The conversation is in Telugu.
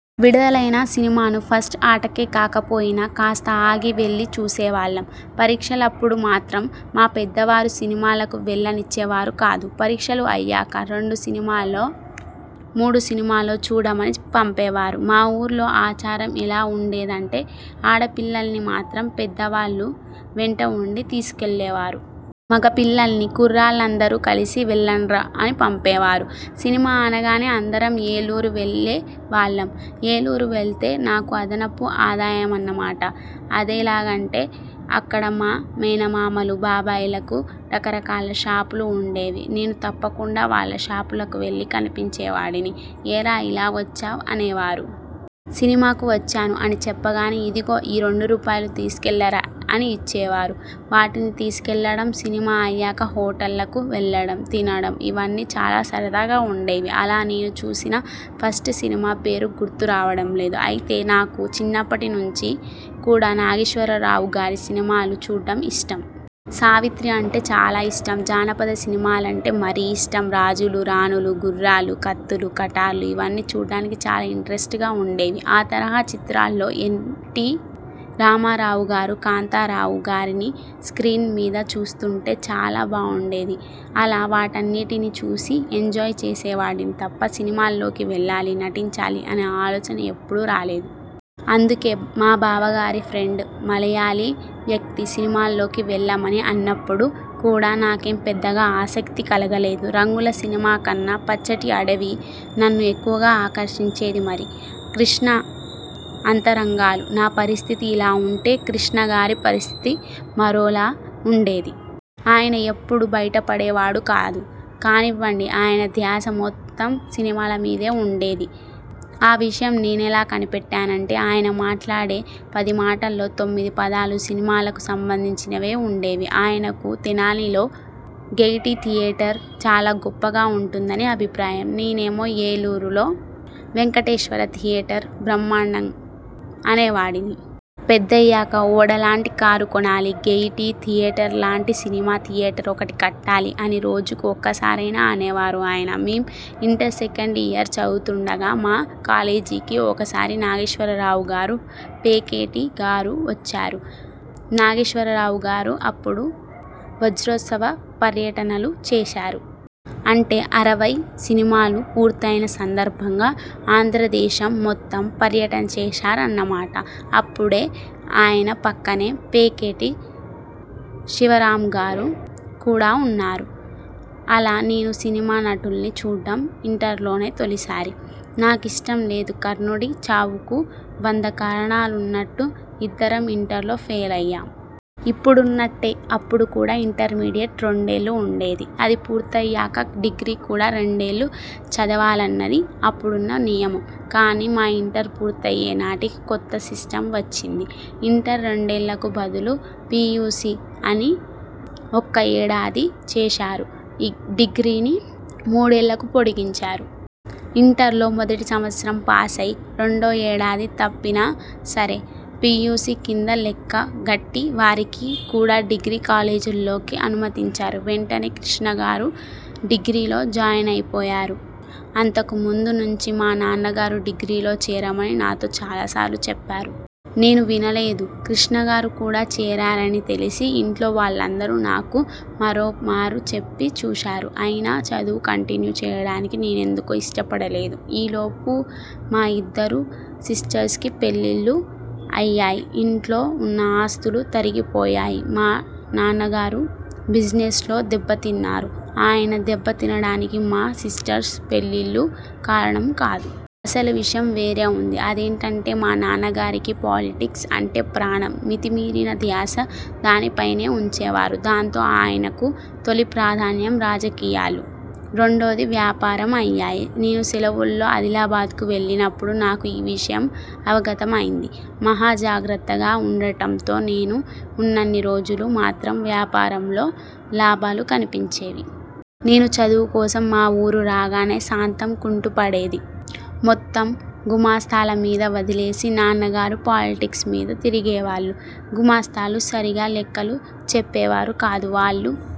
విడుదలైన సినిమాను ఫస్ట్ ఆటకే కాకపోయినా, కాస్త ఆగి వెళ్లి చూసేవాళ్లం. పరీక్షలప్పుడు మాత్రం మా పెద్దవారు సినిమాలకు వెళ్లనిచ్చేవారు కాదు. పరీక్షలు అయ్యాక రెండు సినిమాలో, మూడు సినిమాలో చూడమని పంపేవారు. మా ఊర్లో ఆచారం ఎలా ఉండేదంటే, ఆడపిల్లల్ని మాత్రం పెద్దవాళ్లు వెంట ఉండి తీసుకెళ్లేవారు. మగపిల్లన్ని 'కుర్రాళ్లందరూ కలిసి వెళ్లండ్రా' అని పంపేవారు. సినిమా అనగానే అందరం ఏలూరు వెళ్లే వాళ్లం. ఏలూరు వెళ్తే నాకు అదనపు ఆదాయమన్నమాట. అదెలాగంటే అక్కడ మా మేనమామలు, బాబాయిలకు రకరకాల షాపులు ఉండేవి. నేను తప్పకుండా వాళ్ళ షాపులకు వెళ్లి కనిపించేవాడిని. 'ఏరా ఇలా వచ్చావ్' అనేవారు. 'సినిమాకు వచ్చాను' అని చెప్పగానే, 'ఇదిగో ఈ రెండు రూపాయలు తీసుకెళ్లరా' అని ఇచ్చేవారు. వాటిని తీసుకెళ్లడం, సినిమా అయ్యాక హోటళ్లకు వెళ్లడం, తినడం ఇవన్నీ చాలా సరదాగా ఉండేవి. అలా నేను చూసిన ఫస్ట్ సినిమా పేరు గుర్తు రావడం లేదు. అయితే నాకు చిన్నప్పటి నుంచి కూడా నాగేశ్వరరావు గారి సినిమాలు చూడ్డం ఇష్టం. సావిత్రి అంటే చాలా ఇష్టం. జానపద సినిమాలంటే మరీ ఇష్టం. రాజులు, రాణులు, గుర్రాలు, కత్తులు, కటార్లు ఇవన్నీ చూడ్డానికి చాలా ఇంట్రస్టింగ్గా ఉండేవి. ఆ తరహా చిత్రాల్లో ఎన్టీ రామారావుగారు, కాంతారావు గారిని స్క్రీన్ మీధ చూస్తుంటే చాలా బావుండేది. అలా వాటన్నిటినీ చూసి ఎంజాయ్ చేసేవాడినే తప్ప, సినిమాల్లోకి వెళ్లాలి, నటించాలి అనే ఆలోచన ఎప్పుడూ రాలేదు. అందుకే మా బావగారి ఫ్రెండ్ మలయాళీ వ్యక్తి సినిమాల్లోకి వెళ్లమని అన్నప్పుడు కూడా నాకేం పెద్దగా ఆసక్తి కలగలేదు. రంగుల సినిమాకన్నా పచ్చటి అడవి నన్ను ఎక్కువగా ఆకర్షించేది మరి. కృష్ణ అంతరంగాలు! నా పరిస్థితి ఇలా ఉంటే, కృష్ణ గారి పరిస్థితి మరోలా ఉండేది. ఆయన ఎప్పుడూ బయట పడేవాడు కాదు కానివ్వండి ఆయన ధ్యాస మొత్తం సినిమాల మీదే ఉండేది. ఆ విషయం నేనెలా కనిపెట్టానంటే ఆయన మాట్లాడే పదిమాటల్లో తొమ్మిది పదాలు సినిమాలకు సంబంధించినవే ఉండేవి. ఆయనకు తెనాలిలో గెయిటీ థియేటర్ చాలా గొప్పగా ఉంటుందని అభిప్రాయం. నేనేమో ' ఏలూరులో వెంకటేశ్వర థియేటర్ బ్రహ్మాండం' అనే వాడిని. 'పెద్దయ్యాక ఓడలాంటి కారు కొనాలి, గెయిటీ థియేటర్లాంటి సినిమా థియేటర్ ఒకటి కట్టాలి' అని రోజుకు ఒక్కసారైనా అనేవారు ఆయన. మేం ఇంటర్ సెకండ్ ఇయర్ చదువుతుండగా మా కాలేజీకి ఒకసారి నాగేశ్వరరావు గారు, పేకేటి గారు వచ్చారు. నాగేశ్వరరావు గారు అప్పుడు 'వజ్రోత్సవ పర్యటనలు' చేశారు. అంటే అరవై సినిమాలు పూర్తయిన సందర్భంగా ఆంధ్రదేశం మొత్తం పర్యటన చేశారన్నమాట అప్పుడే ఆయన పక్కనే పేకేటి శివరామ్గారు కూడా ఉన్నారు. అలా నేను సినిమా నటుల్ని చూడ్డం ఇంటర్లోనే తొలిసారి. నాకిష్టం లేదు కర్ణుడి చావుకు వంద కారణాలన్నట్టు ఇద్దరం ఇంటర్లో ఫెయిల్ అయ్యాం. ఇప్పుడున్నట్టే అప్పుడు కూడా ఇంటర్మీడియెట్ రెండేళ్లు ఉండేది. అది పూర్తయ్యాక డిగ్రీ కూడా రెండేళ్లు చదవాలన్నది అప్పుడున్న నియమం. కానీ మా ఇంటర్ పూర్తయ్యే నాటికి కొత్త సిస్టమ్ వచ్చింది. ఇంటర్ రెండేళ్లకు బదులు పీయూసీ అని ఒక్క ఏడాది చేశారు. డిగ్రీని మూడేళ్లకు పొడిగించారు. ఇంటర్లో మొదటి సంవత్సరం పాసై, రెండో ఏడాది తప్పినా సరే. పీయూసీ కింద లెక్క గట్టి వారికి కూడా డిగ్రీ కాలేజీల్లోకి అనుమతించారు. వెంటనే కృష్ణ గారు డిగ్రీలో జాయినైపోయారు. అంతకు ముందు నుంచీ మా నాన్నగారు డిగ్రీలో చేరమని నాతో చాలా సార్లు చెప్పారు. నేను వినలేదు. కృష్ణగారు కూడా చేరారని తెలిసి ఇంట్లో వాళ్లందరూ నాకు మరోమారు చెప్పి చూశారు. అయినా చదువు కంటిన్యూ చేయడానికి నేనెందుకో ఇష్టపడలేదు. ఈ లోపు మా ఇద్దరు సిస్టర్స్కి పెళ్లిళ్లు అయ్యాయి. ఇంట్లో ఉన్న ఆస్తులు తరిగిపోయాయి. నాన్నగారు బిజినెస్లో దెబ్బతిన్నారు. ఆయన దెబ్బ తినడానికి మా సిస్టర్స్ పెళ్ళిళ్ళు కారణం కాదు. అసలు విషయం వేరే ఉంది. అదేంటంటే, మా నాన్నగారికి పాలిటిక్స్ అంటే ప్రాణం. మితి మీరిన ధ్యాస దానిపైనే ఉంచేవారు. దాంతో ఆయనకు తొలి ప్రాధాన్యం రాజకీయాలు. రెండోది వ్యాపారం అయ్యాయి. నేను సెలవుల్లో ఆదిలాబాద్కు వెళ్లినప్పుడు నాకు ఈ విషయం అవగతమైంది. మహాజాగ్రత్తగా ఉండటంతో నేను ఉన్నన్ని రోజులూ మాత్రం వ్యాపారంలో లాభాలు కనిపించేవి. నేను చదువుకోసం మా ఊరు రాగానే సాంతం కుంటుపడేది. మొత్తం గుమస్తాల మీద వదిలేసి నాన్నగారు పాలిటిక్స్మీద తిరిగేవాళ్లు. గుమస్తాలు సరిగా లెక్కలు చెప్పేవారు కాదు. వాళ్లూ,